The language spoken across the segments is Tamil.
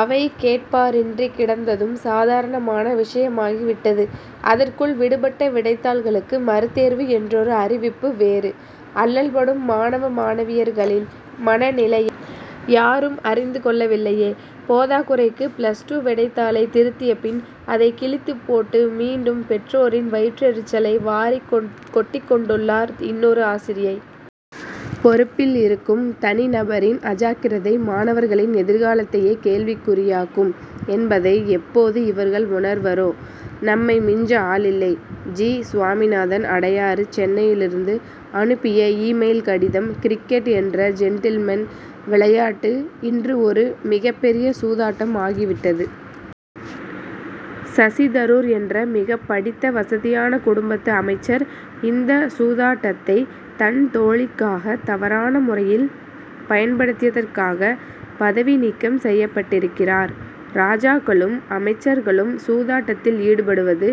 அவை கேட்பாரின்றி கிடந்ததும் சாதாரணமான விஷயமாகி விட்டது. அதற் குள் விடுபட்ட விடைத்தாள் களுக்கு மறுதேர்வு என் றொரு அறிவிப்பு வேறு. அல்லல்படும் மாணவ மாணவியர்களின் மனநிலையை யாரும் அறிந்து கொள்ளவில்லையே. போதாக்குறைக்கு பிளஸ் டூ விடைத்தாளை திருத்திய பின் அதை கிழித்துப் போட்டு மீண்டும் பெற்றோரின் வயிற்றெரிச்சலை வாரிக் கொட்டிக் கொண்டுள்ளார் இன்னொரு ஆசிரியை. பொறுப்பில் இருக்கும் தனி நபரின் அஜாக்கிரதை மாணவர்களின் எதிர்காலத் தையே கேள்விக்குறியாக் கும் என்பதை எப்போது இவர்கள் உணர்வரோ? நம்மை மிஞ்ச ஆளில்லை! ஜி. சுவாமிநாதன் அடையாறு சென்னையிலிருந்து அனுப்பிய இ-மெயில் கடிதம் கிரிக்கெட் என்ற ஜென்டில்மென் விளையாட்டு இன்று ஒரு மிகப் பெரிய சூதாட்டம் ஆகி விட்டது. சசி தரூர் என்ற மிகப் படித்த வசதியான குடும்பத்து அமைச்சர் இந்த சூதாட்டத்தை தன் தோழிக்காக தவறான முறையில் பயன்படுத்தியதற்காக பதவி நீக்கம் செய்யப்பட்டிருக்கிறார். ராஜாக்களும் அமைச்சர்களும் சூதாட்டத்தில் ஈடுபடுவது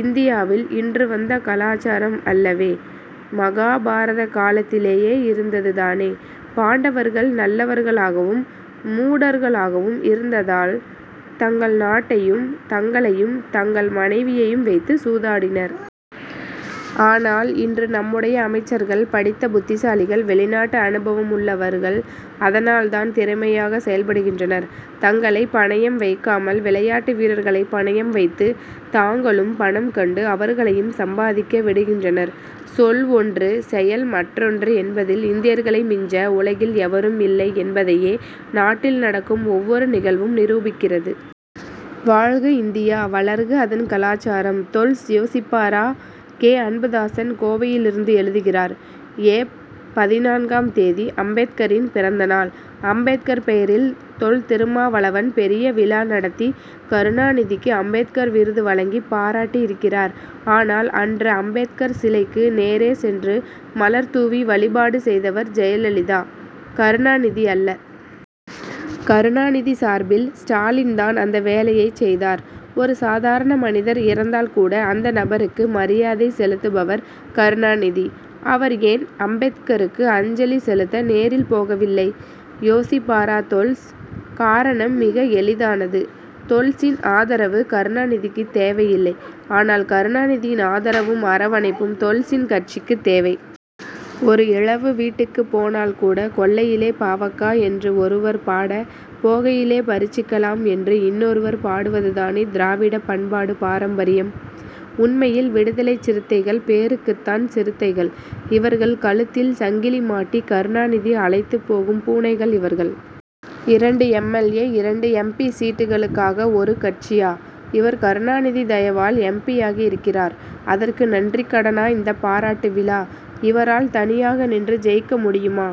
இந்தியாவில் இன்று வந்த கலாசாரம் அல்லவேமகாபாரத காலத்திலேயே இருந்தது தானே! பாண்டவர்கள் நல்லவர் களாகவும் மூடர்களாகவும் இருந்ததால் தங்கள் நாட்டையும் தங்களையும் தங்கள் மனைவியையும் வைத்து சூதாடினர். ஆனால் இன்று நம்முடைய அமைச்சர்கள் படித்த புத்திசாலிகள் வெளிநாட்டு அனுபவம் உள்ளவர் கள்அதனால் தான் திறமையாக செயல்படுகின்றனர். தங்களை பணயம் வைக் காமல் விளையாட்டு வீரர் களை பணயம் வைத்து தாங்களும் பணம் கண்டு அவர்களையும் சம்பாதிக்க விடுகின்றனர். சொல் ஒன்று செயல் மற்றொன்று என்பதில் இந்தியர்களை மிஞ்ச உலகில் எவரும் இல்லை என்பதையே நாட்டில் நடக்கும் ஒவ்வொரு நிகழ்வும் நிரூபிக்கிறது. வாழ்க இந்தியா வளர்க அதன் கலாசாரம்! தொல்ஸ் யோசிப்பாரா? கே. அன்புதாசன் கோவையிலிருந்து எழுதுகிறார் ஏப். பதினான்காம் தேதி அம்பேத்கரின் பிறந்த நாள். அம்பேத்கர் பெயரில் தொல். திருமாவளவன் பெரிய விழா நடத்தி கருணாநிதிக்கு அம்பேத்கர் விருது வழங்கிப் பாராட்டி இருக்கிறார். ஆனால் அன்று அம்பேத்கர் சிலைக்கு நேரே சென்று மலர் தூவி வழிபாடு செய்தவர் ஜெயலலிதா கருணாநிதி அல்ல. கருணாநிதி சார்பில் ஸ்டாலின் தான் அந்த வேலையைச் செய்தார். ஒரு சாதாரண மனிதர் இறந்தால் கூட அந்த நபருக்கு மரியாதை செலுத்துபவர் கருணாநிதி. அவர் ஏன் அம்பேத் கருக்கு அஞ்சலி செலுத்த நேரில் போகவில்லை? யோசிப்பாரா தொல்ஸ்? காரணம் மிக எளிதானது. தொல்சின் ஆதரவு கருணாநிதிக்கு தேவை இல்லை ஆனால் கருணாநிதியின் ஆதரவும் அரவணைப்பும் தொல்சின் கட்சிக்குத் தேவை. ஒரு இழவு வீட்டுக்குப் போனால் கூட கொல்லையிலே பாவக்கா என்று ஒருவர் பாட போகையிலே பறிச்சிக்கலாம் என்று இன்னொருவர் பாடுவது தானே திராவிட பண்பாடு பாரம்பரியம். உண்மையில் விடுதலைச் சிறுத்தைகள் பேருக்குத்தான் சிறுத் தைகள் இவர்கள் கழுத்தில் சங்கிலி மாட்டி கருணாநிதி அழைத்துப் போகும் பூனைகள் இவர்கள். இரண்டு எம். எல். ஏ. இரண்டு எம். பி. சீட்டுகளுக்காக ஒரு கட்சியா? இவர் கருணாநிதி தயவால் எம். பி. யாகி இருக்கிறார். அதற்கு நன்றிக் கடனா இந்தப் பாராட்டு விழா? இவரால் தனியாக நின்று ஜெயிக்க முடியுமா?